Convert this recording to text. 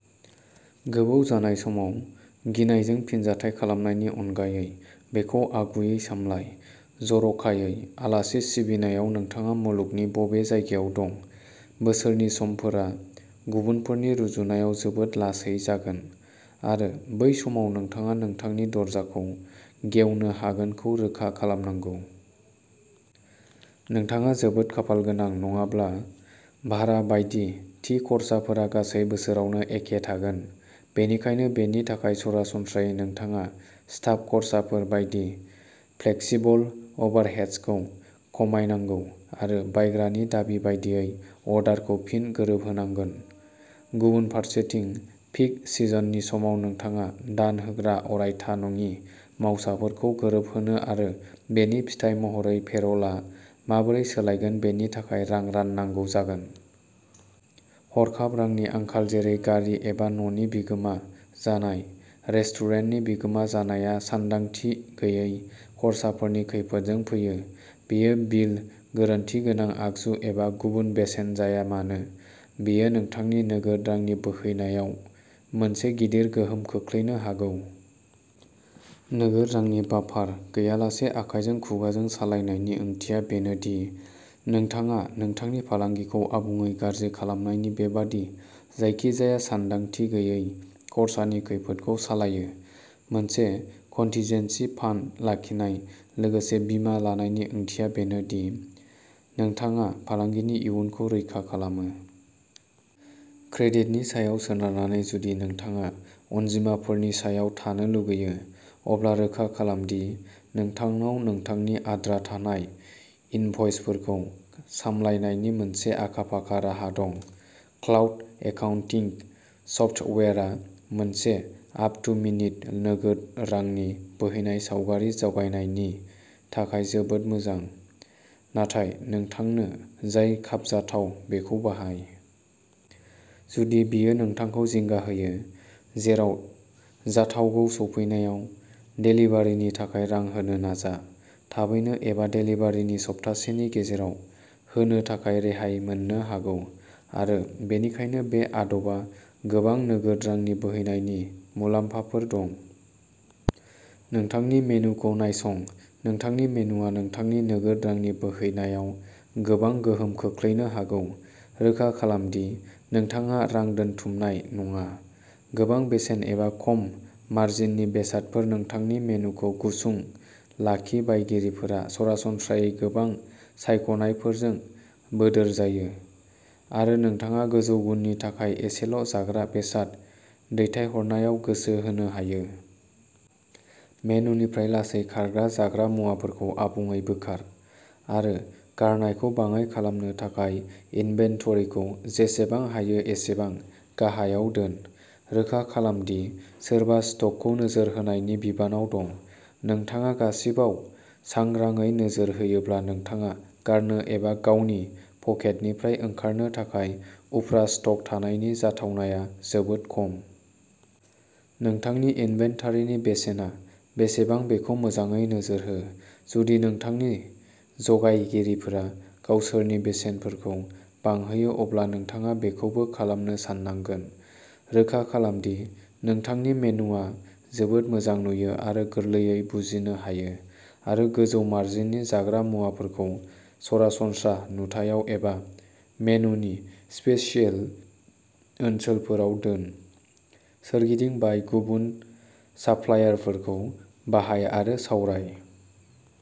गोबाव जानाय समाव गिनायजों फिनजाथाय खालामनायनि अनगायै बेखौ आगुयै सामलाय। जर'खायै आलासि सिबिनायाव नोंथाङा मुलुगनि बबे जायगायाव दं, बोसोरनि समफोरा गुबुनफोरनि रुजुनायाव जोबोद लासै जागोन आरो बै समाव नोंथाङा नोंथांनि दरजाखौ गेवनो हागोनखौ रोखा खालामनांगौ। नोंथाङा जोबोद खाफाल गोनां नङाब्ला, भारा बायदि थि खर्साफोरा गासै बोसोरावनो एखे थागोन, बेनिखायनो बेनि थाखाय सरासनस्रायै नोंथाङा स्टाफ खर्साफोर बायदि फ्लेक्सिबल अभारहेड्सखौ खमायनांगौ आरो बायग्रानि दाबि बायदियै अर्डारखौ फिन गोरोबहोनांगोन। गुबुन फारसेथिं, पीक सिजननि समाव नोंथाङा दान होग्रा अरायथा नङि मावसाफोरखौ गोरोबहोनो आरो बेनि फिथाय महरै पेर'लआ माबोरै सोलायगोन बेनि थाखाय रां राननांगौ जागोन। हरखाब रांनि आंखाल जेरै गारि एबा न'नि बिगोमा जानाय, रेस्टुरेन्टनि बिगोमा जानाया सानदांथि गैयै खर्साफोरनि खैफोदजों फैयो। बेयो बिल, गोरोन्थि गोनां आगजु एबा गुबुन बेसेन जाया मानो, बेयो नोंथांनि नोगोद रांनि बोहैनायाव मोनसे गिदिर गोहोम खोख्लैनो हागौ। नोगोद रांनि बाफार गैयालासे आखायजों खुगाजों सालायनायनि ओंथिया बेनो दि नोंथाङा नोंथांनि फालांगिखौ आबुङै गाज्रि खालामनायनि बेबादि जायखिजाया सानदांथि गैयै खरसानि खैफोदखौ सालायो। मोनसे कन्टिजेन्सि फान्ड लाखिनाय, लोगोसे बीमा लानायनि ओंथिया बेनो दि नोंथाङा फालांगिनि इयुनखौ रैखा खालामो। क्रेडिटनि सायाव सोनारनानै जुदि नोंथाङा अनजिमाफोरनि सायाव थानो लुगैयो, अब्ला रोखा खालाम दि नोंथांनाव नोंथांनि आद्रा थानाय इनभ'इसफोरखौ सामलायनायनि मोनसे आखा-फाखा राहा दं। क्लाउड एकाउन्टिंग सफ्टवेयरआ मोनसे आप-टु-मिनिट नोगोद रांनि बोहैनाय सावगारि जगायनायनि थाखाय जोबोद मोजां, नाथाय नोंथांनो जाय खाबजाथाव बेखौ बाहाय। जुदि बेयो नोंथांखौ जिंगा होयो, जेराव जाथावगौ, सफैनायाव देलिभारिनि थाखाय रां होनो नाजा। थाबैनो एबा देलिभारिनि सप्तासेनि गेजेराव होनो थाखाय रेहाय मोननो हागौ आरो बेनिखायनो बे आदबा गोबां नोगोद रांनि बोहैनायनि मुलाम्फाफोर दं। नोंथांनि मेनुखौ नायसं-नोंथांनि मेनुआ नोंथांनि नोगोद रांनि बोहैनायाव गोबां गोहोम खोख्लैनो हागौ। रोखा खालाम दि नोंथाङा रां दोनथुमनाय नङा। गोबां बेसेन एबा खम मार्जिननि बेसादफोर नोंथांनि मेनुखौ गुसुं लाखि बायगिरिफोरा सरासनस्रायै गोबां सायख'नायफोरजों बोदोर जायो आरो नोंथाङा गोजौ गुननि थाखाय एसेल'जाग्रा बेसाद दैथायहरनायाव गोसो होनो हायो। मेनुनिफ्राय लासै खारग्रा जाग्रा मुवाफोरखौ आबुङै बोखार आरो गारनायखौ बाङाइ खालामनो थाखाय इन्वेन्टरिखौ जेसेबां हायो एसेबां गाहायाव दोन। रोखा खालाम दि सोरबा स्टकखौ नोजोर होनायनि बिबानआव दं। नोंथाङा गासिबोआव सांग्राङै नोजोर होयोब्ला नोंथाङा गारनो एबा गावनि पकेटनिफ्राय ओंखारनो थाखाय उफ्रा स्टक थानायनि जाथावनाया जोबोद खम। नोंथांनि इन्वेन्टारिनि बेसेना बेसेबां बेखौ मोजाङै नोजोर हो। जुदि नोंथांनि जगायगिरिफोरा गावसोरनि बेसेनफोरखौ बांहोयो अब्ला नोंथाङा बेखौबो खालामनो साननांगोन। रोखा खालाम दि नोंथांनि मेनुआ जोबोद मोजां नुयो आरो गोरलैयै बुजिनो हायो आरो गोजौ मार्जिननि जाग्रा मुवाफोरखौ सरासनस्रा नुथायाव एबा मेनुनि'स्पेशियेल' ओनसोलफोराव दोन। सोरगिदिं बाय गुबुन साप्लायरफोरखौ बाहाय आरो सावराय।